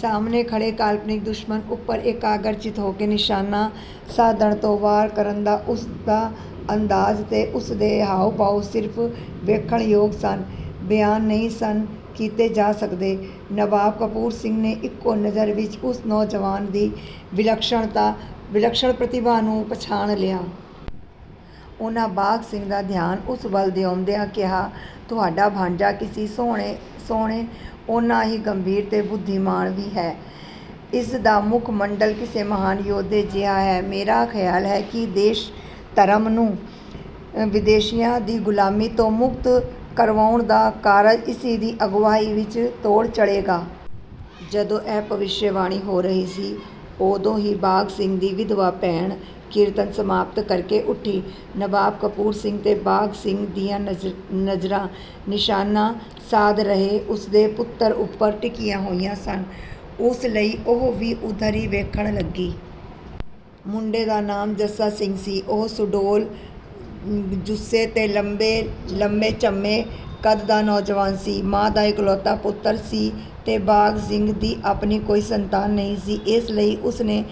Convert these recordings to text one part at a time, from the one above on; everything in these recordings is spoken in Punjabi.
ਸਾਹਮਣੇ ਖੜ੍ਹੇ ਕਲਪਿਤ ਦੁਸ਼ਮਣ ਉੱਪਰ ਇਕਾਗਰ-ਚਿੱਤ ਹੋ ਕੇ ਨਿਸ਼ਾਨਾ ਸਿੰਨ੍ਹਣ ਤੇ ਵਾਰ ਕਰਨ ਦਾ ਉਸਦਾ ਅੰਦਾਜ਼ ਤੇ ਉਸਦੇ ਹਾਵ-ਭਾਵ ਸਿਰਫ਼ ਦੇਖਣ ਯੋਗ ਸਨ, ਬਿਆਨ ਨਹੀਂ ਸਨ ਕੀਤੇ ਜਾ ਸਕਦੇ। ਨਵਾਬ ਕਪੂਰ ਸਿੰਘ ਨੇ ਇੱਕੋ ਨਜ਼ਰ ਵਿੱਚ ਉਸ ਨੌਜਵਾਨ ਦੀ ਵਿਲੱਖਣ ਪ੍ਰਤਿਭਾ ਨੂੰ ਪਛਾਣ ਲਿਆ। ਉਹਨਾਂ ਬਾਘ ਸਿੰਘ ਦਾ ਧਿਆਨ ਉਸ ਵੱਲ ਦਿਵਾਉਂਦਿਆਂ ਕਿਹਾ, "ਤੁਹਾਡਾ ਭਾਣਜਾ ਜਿੰਨਾਂ ਸੋਹਣਾ ਏ, ਓਨਾਂ ਹੀ ਗੰਭੀਰ ਤੇ ਬੁੱਧੀਮਾਨ ਵੀ ਹੈ। ਇਸ ਦਾ ਮੁਖ-ਮੰਡਲ ਕਿਸੇ ਮਹਾਨ ਯੋਧੇ ਜਿਹਾ ਹੈ। ਮੇਰਾ ਖ਼ਿਆਲ ਹੈ ਕਿ ਦੇਸ਼ ਤੇ ਧਰਮ ਨੂੰ ਵਿਦੇਸ਼ੀਆਂ ਦੀ ਗ਼ੁਲਾਮੀ ਤੋਂ ਮੁਕਤ ਕਰਵਾਉਣ ਦਾ ਕਾਰਜ ਇਸ ਦੀ ਅਗਵਾਈ ਵਿੱਚ ਤੋੜ ਚੜ੍ਹੇਗਾ।" ਜਦੋਂ ਇਹ ਭਵਿੱਖਬਾਣੀ ਹੋ ਰਹੀ ਸੀ, ਉਦੋਂ ਹੀ ਬਾਘ ਸਿੰਘ ਦੀ ਵਿਧਵਾ ਭੈਣ ਕੀਰਤਨ ਸਮਾਪਤ ਕਰਕੇ ਉੱਠੀ। ਨਵਾਬ ਕਪੂਰ ਸਿੰਘ ਤੇ ਬਾਘ ਸਿੰਘ ਦੀਆਂ ਨਜ਼ਰਾਂ ਨਿਸ਼ਾਨਾ ਸਾਧ ਰਹੇ ਉਸਦੇ ਪੁੱਤਰ ਉੱਪਰ ਟਿਕੀਆਂ ਹੋਈਆਂ ਸਨ, ਇਸ ਲਈ ਉਹ ਵੀ ਉਧਰ ਹੀ ਦੇਖਣ ਲੱਗੀ। ਮੁੰਡੇ ਦਾ ਨਾਂ ਜੱਸਾ ਸਿੰਘ ਸੀ। ਉਹ ਸੁਡੌਲ ਜੁੱਸੇ ਤੇ ਲੰਮੇ-ਝੰਮੇ ਕੱਦ ਦਾ ਨੌਜਵਾਨ ਸੀ। ਮਾਂ ਦਾ ਇਕਲੌਤਾ ਪੁੱਤਰ ਸੀ ਤੇ ਬਾਘ ਸਿੰਘ ਦੀ ਆਪਣੀ ਕੋਈ ਸੰਤਾਨ ਨਹੀਂ ਸੀ, ਇਸ ਲਈ ਉਸ ਨੇ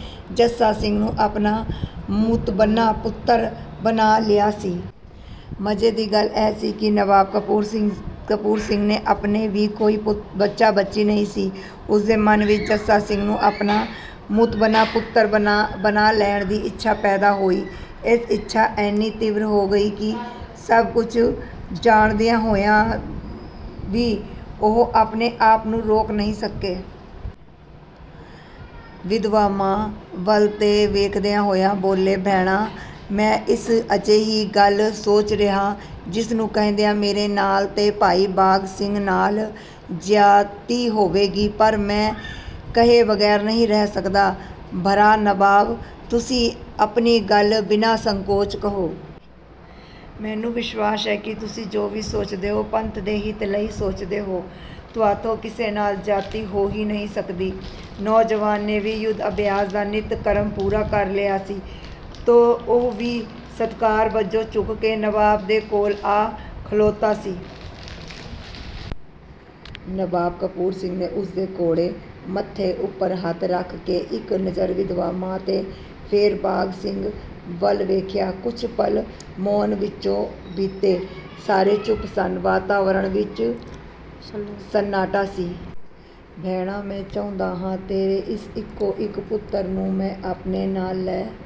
ਜੱਸਾ ਸਿੰਘ ਨੂੰ ਆਪਣਾ ਮੁਤਬੰਨਾ-ਪੁੱਤਰ ਬਣਾ ਲਿਆ ਸੀ। ਮਜੇ ਦੀ ਗੱਲ ਇਹ ਸੀ ਕਿ ਨਵਾਬ ਕਪੂਰ ਸਿੰਘ ਦੇ ਆਪਣੇ ਵੀ ਕੋਈ ਬੱਚਾ-ਬੱਚੀ ਨਹੀਂ ਸੀ। ਉਸਦੇ ਮਨ ਵਿੱਚ ਜੱਸਾ ਸਿੰਘ ਨੂੰ ਆਪਣਾ ਮੁਤਬੰਨਾ-ਪੁੱਤਰ ਬਣਾ ਲੈਣ ਦੀ ਇੱਛਾ ਪੈਦਾ ਹੋਈ। ਇਹ ਇੱਛਾ ਏਨੀ ਤੀਬਰ ਸੀ ਕਿ ਸਭ ਕੁਝ ਜਾਣਦਿਆਂ ਹੋਇਆਂ ਵੀ ਉਹ ਆਪਣੇ ਆਪ ਨੂੰ ਰੋਕ ਨਹੀਂ ਸਕੇ। ਵਿਧਵਾ ਮਾਂ ਵੱਲ ਦੇਖਦੇ ਹੋਏ ਬੋਲੇ, "ਭੈਣਾ ਮੈਂ ਇੱਕ ਅਜਿਹੀ ਗੱਲ ਸੋਚ ਰਿਹਾਂ, ਜਿਸ ਨੂੰ ਕਹਿੰਦਿਆ ਤੇਰੇ ਨਾਲ ਤੇ ਭਾਈ ਬਾਘ ਸਿੰਘ ਨਾਲ ਜ਼ਿਆਦਤੀ ਹੋਏਗੀ, ਪਰ ਮੈਂ ਕਹੇ ਬਗੈਰ ਨਹੀਂ ਰਹਿ ਸਕਦਾ।" "ਭਰਾ ਨਵਾਬ ਤੁਸੀਂ ਆਪਣੀ ਗੱਲ ਬਿਨਾਂ ਸੰਕੋਚ ਕਹੋ। ਮੈਨੂੰ ਵਿਸ਼ਵਾਸ ਹੈ ਕਿ ਤੁਸੀਂ ਜੋ ਵੀ ਸੋਚਦੇ ਓ ਪੰਥ ਦੇ ਹਿੱਤ ਲਈ ਹੀ ਸੋਚਦੇ ਓ। ਤੁਹਾਤੋਂ ਕਿਸੇ ਨਾਲ ਜ਼ਿਆਦਤੀ ਹੋ ਹੀ ਨਹੀਂ ਸਕਦੀ।" ਨੌਜਵਾਨ ਨੇ ਵੀ ਯੁੱਧ ਅਭਿਆਸ ਦਾ ਨਿੱਤ-ਕਰਮ ਪੂਰਾ ਕਰ ਲਿਆ ਸੀ ਤੇ ਉਹ ਵੀ ਸਤਿਕਾਰ ਵਜੋਂ ਝੁਕ ਕੇ ਨਵਾਬ ਦੇ ਕੋਲ ਆਣ ਖੜ੍ਹਾ ਹੋਇਆ ਸੀ। ਨਵਾਬ ਕਪੂਰ ਸਿੰਘ ਨੇ ਉਸਦੇ ਚੌੜੇ ਮੱਥੇ ਉੱਪਰ ਹੱਥ ਰੱਖ ਕੇ, ਇੱਕ ਨਜ਼ਰ ਵਿਧਵਾ ਮਾਂ ਤੇ ਫੇਰ ਬਾਘ ਸਿੰਘ ਵੱਲ ਦੇਖਿਆ। ਕੁਝ ਪਲ ਮੌਨ ਵਿੱਚ ਬੀਤੇ। ਸਾਰੇ ਚੁੱਪ ਸਨ। ਵਾਤਾਵਰਣ ਵਿੱਚ ਸੰਨਾਟਾ ਸੀ। "ਭੈਣਾ ਮੈਂ ਚਾਹੁੰਦਾ ਹਾਂ ਤੇਰੇ ਇਸ ਇੱਕੋ-ਇੱਕ ਪੁੱਤਰ ਨੂੰ ਆਪਣੇ ਨਾਲ ਲੈ